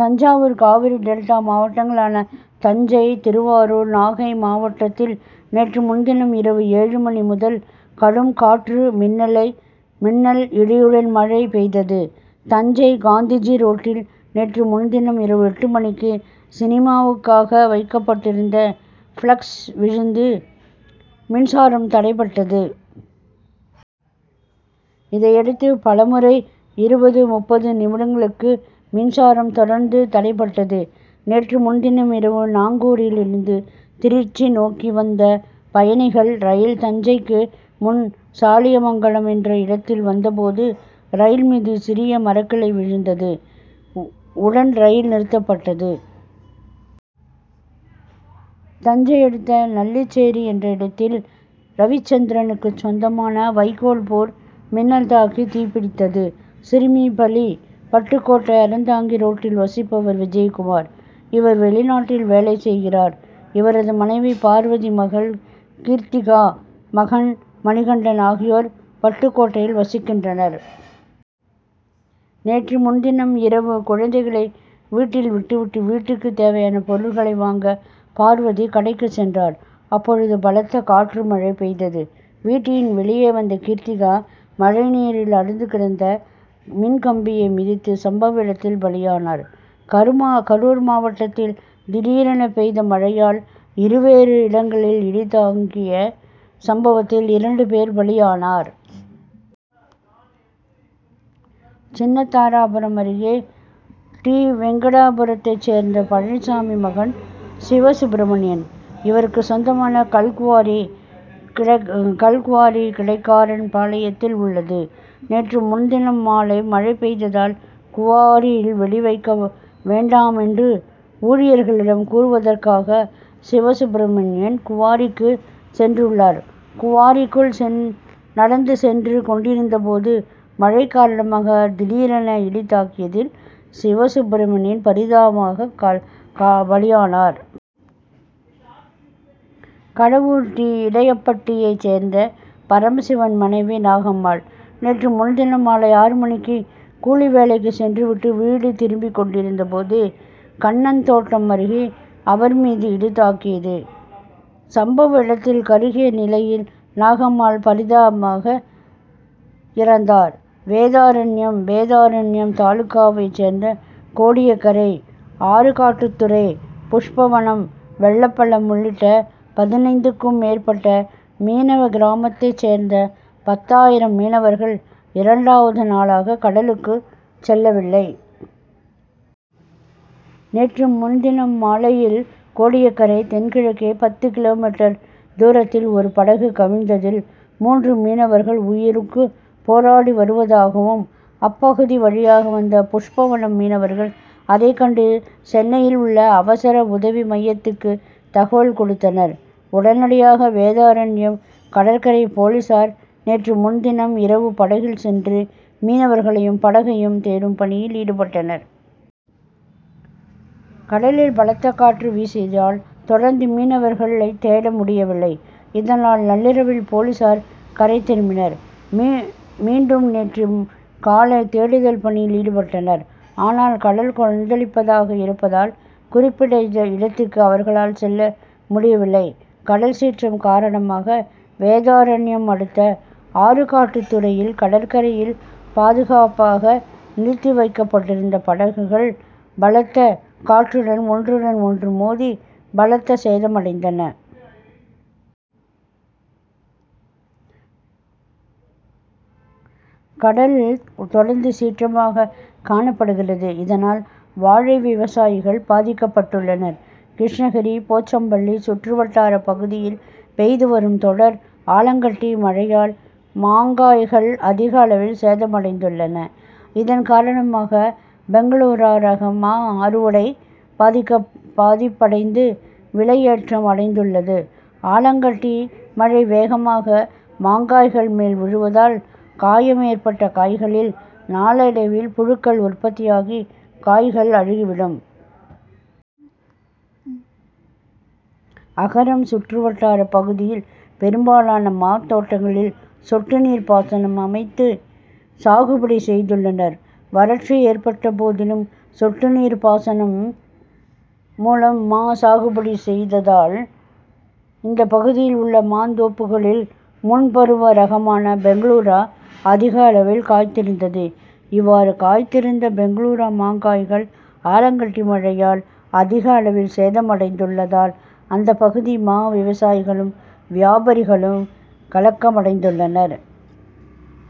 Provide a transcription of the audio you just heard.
Thanjavur Cauvery delta மாவட்டங்களான தஞ்சை திருவாரூர் நாகை மாவட்டத்தில் நேற்று முன்தினம் இரவு ஏழு மணி முதல் கடும் காற்று மின்னல் இடியுடன் மழை பெய்தது. தஞ்சை காந்திஜி ரோட்டில் நேற்று முன்தினம் இரவு எட்டு மணிக்கு சினிமாவுக்காக வைக்கப்பட்டிருந்த பிளக்ஸ் விழுந்து மின்சாரம் தடைபட்டது. இதையடுத்து பல முறை இருபது, முப்பது நிமிடங்களுக்கு மின்சாரம் தொடர்ந்து தடைபட்டது. நேற்று முன்தினம் இரவு நாகூரில் இருந்து திருச்சி நோக்கி வந்த பயணிகள் ரயில் தஞ்சைக்கு முன் சாலியமங்கலம் என்ற இடத்தில் வந்தபோது ரயில் மீது சிறிய மரக்கிளை விழுந்தது. உடன் ரயில் நிறுத்தப்பட்டது. தஞ்சை அடுத்த நல்லிச்சேரி என்ற இடத்தில் ரவிச்சந்திரனுக்கு சொந்தமான வைக்கோல் போர் மின்னல் தாக்கி தீப்பிடித்தது. சிறுமி பலி பட்டுக்கோட்டை அறந்தாங்கி ரோட்டில் வசிப்பவர் விஜயகுமார். இவர் வெளிநாட்டில் வேலை செய்கிறார். இவரது மனைவி பார்வதி மகள் கீர்த்திகா மகன் மணிகண்டன் ஆகியோர் பட்டுக்கோட்டையில் வசிக்கின்றனர். நேற்று முன்தினம் இரவு குழந்தைகளை வீட்டில் விட்டுவிட்டு வீட்டுக்கு தேவையான பொருட்களை வாங்க பார்வதி கடைக்குச் சென்றார். அப்போது பலத்த காற்று மழை பெய்தது. வீட்டின் வெளியே வந்த கீர்த்திகா மழைநீரில் அறுந்து கிடந்த மின்கம்பியை மிதித்து சம்பவ இடத்தில் பலியானார். கரூர் மாவட்டத்தில் திடீரென பெய்த மழையால் இருவேறு இடங்களில் இடி தாக்கிய சம்பவத்தில் இரண்டு பேர் பலியாயினர். சின்னதாராபுரம் அருகே டி. வெங்கிடாபுரத்தை சேர்ந்த பழனிசாமி மகன் சிவசுப்பிரமணியன். இவருக்கு சொந்தமான கல் குவாரி கிடைக்காரன்பாளையத்தில் உள்ளது. நேற்று முன்தினம் மாலை மழை பெய்ததால் குவாரியில் வெடி வைக்க வேண்டாம் என்று ஊழியர்களிடம் கூறுவதற்காக சிவசுப்பிரமணியன் குவாரிக்கு சென்றுள்ளார். குவாரிக்குள் நடந்து சென்று கொண்டிருந்தபோது மழை காரணமாக திடீரென இடி தாக்கியதில் சிவசுப்பிரமணியன் பரிதாபமாக பலியானார். கடவூர் டி. இடையப்பட்டியை சேர்ந்த பரமசிவம் மனைவி நாகம்மாள். நேற்று முன்தினம் மாலை ஆறு மணிக்கு கூலி வேலைக்கு சென்றுவிட்டு வீடு திரும்பிக்கொண்டிருந்தபோது கண்ணன் தோட்டம் அருகே அவர் மீது இடி தாக்கியது. சம்பவ இடத்தில் கருகிய நிலையில் நாகம்மாள் பரிதாபமாக இறந்தார். வேதாரண்யம் வேதாரண்யம் தாலுகாவைச் சேர்ந்த கோடியக்கரை ஆறுகாட்டுத்துறை புஷ்பவனம் வெள்ளப்பள்ளம் உள்ளிட்ட பதினைந்துக்கும் மேற்பட்ட மீனவகிராமத்தைச் சேர்ந்த பத்தாயிரம் மீனவர்கள் இரண்டாவது நாளாக கடலுக்குச் செல்லவில்லை. நேற்று முன்தினம் மாலையில் கோடியக்கரைக்கு தென்கிழக்கே பத்து கிலோ மீட்டர் தூரத்தில் ஒரு படகு கவிழ்ந்ததில் மூன்று மீனவர்கள் உயிருக்கு போராடி வருவதாகவும் அப்பகுதி வழியாக வந்த புஷ்பவனம் மீனவர்கள் அதைக்கண்டு சென்னையில் உள்ள அவசர உதவி மையத்துக்கு தகவல் கொடுத்தனர். உடனடியாக வேதாரண்யம் கடற்கரை போலீசார் நேற்று முன்தினம் இரவு படகில் சென்று மீனவர்களையும் படகையும் தேடும் பணியில் ஈடுபட்டனர். கடலில் பலத்த காற்று வீசியதால் தொடர்ந்து மீனவர்களை தேட முடியவில்லை. இதனால் நள்ளிரவில் போலீசார் கரை திரும்பினர். மீண்டும் நேற்று காலை தேடுதல் பணியில் ஈடுபட்டனர். ஆனால் கடல் கொந்தளிப்பாக இருப்பதால் குறிப்பிட்ட இடத்துக்கு அவர்களால் செல்ல முடியவில்லை. கடல் சீற்றம் காரணமாக வேதாரண்யம் அடுத்த ஆறுகாட்டுத்துறையில் கடற்கரையில் பாதுகாப்பாக நிறுத்தி வைக்கப்பட்டிருந்த படகுகள் பலத்த காற்றால் ஒன்றுடன் ஒன்று மோதி பலத்த சேதமடைந்தன. கடல் தொடர்ந்து சீற்றமாக காணப்படுகிறது. இதனால் வாழை விவசாயிகள் பாதிக்கப்பட்டுள்ளனர். கிருஷ்ணகிரி போச்சம்பள்ளி சுற்றுவட்டார பகுதியில் பெய்து வரும் தொடர் ஆலங்கட்டி மழையால் மாங்காய்கள் அதிக அளவில் சேதமடைந்துள்ளன. இதன் காரணமாக பெங்களூரா ரக மா அறுவடை பாதிப்படைந்து விலை ஏற்றம் அடைந்துள்ளது. ஆலங்கட்டி மழை வேகமாக மாங்காய்கள் மேல் விழுவதால் காயம் ஏற்பட்ட காய்களில் நாளடைவில் புழுக்கள் உற்பத்தியாகி காய்கள் அழுகி விடும். அகரம் சுற்றுவட்டாரப் பகுதியில் பெரும்பாலான மாந்தோட்டங்களில் சொட்டுநீர் பாசனம் அமைத்து சாகுபடி செய்துள்ளனர். வறட்சி ஏற்பட்ட போதிலும் சொட்டுநீர் பாசனம் மூலம் மா சாகுபடி செய்ததால் இந்த பகுதியில் உள்ள மாந்தோப்புகளில் முன்பருவ ரகமான பெங்களூரா அதிக அளவில் காய்த்திருந்தது. இவ்வாறு காய்த்திருந்த பெங்களூரா மாங்காய்கள் ஆலங்கட்டி மழையால் அதிக அளவில் சேதமடைந்துள்ளதால் அந்த பகுதி மா விவசாயிகளும் வியாபாரிகளும் கலக்கமடைந்துள்ளனர்.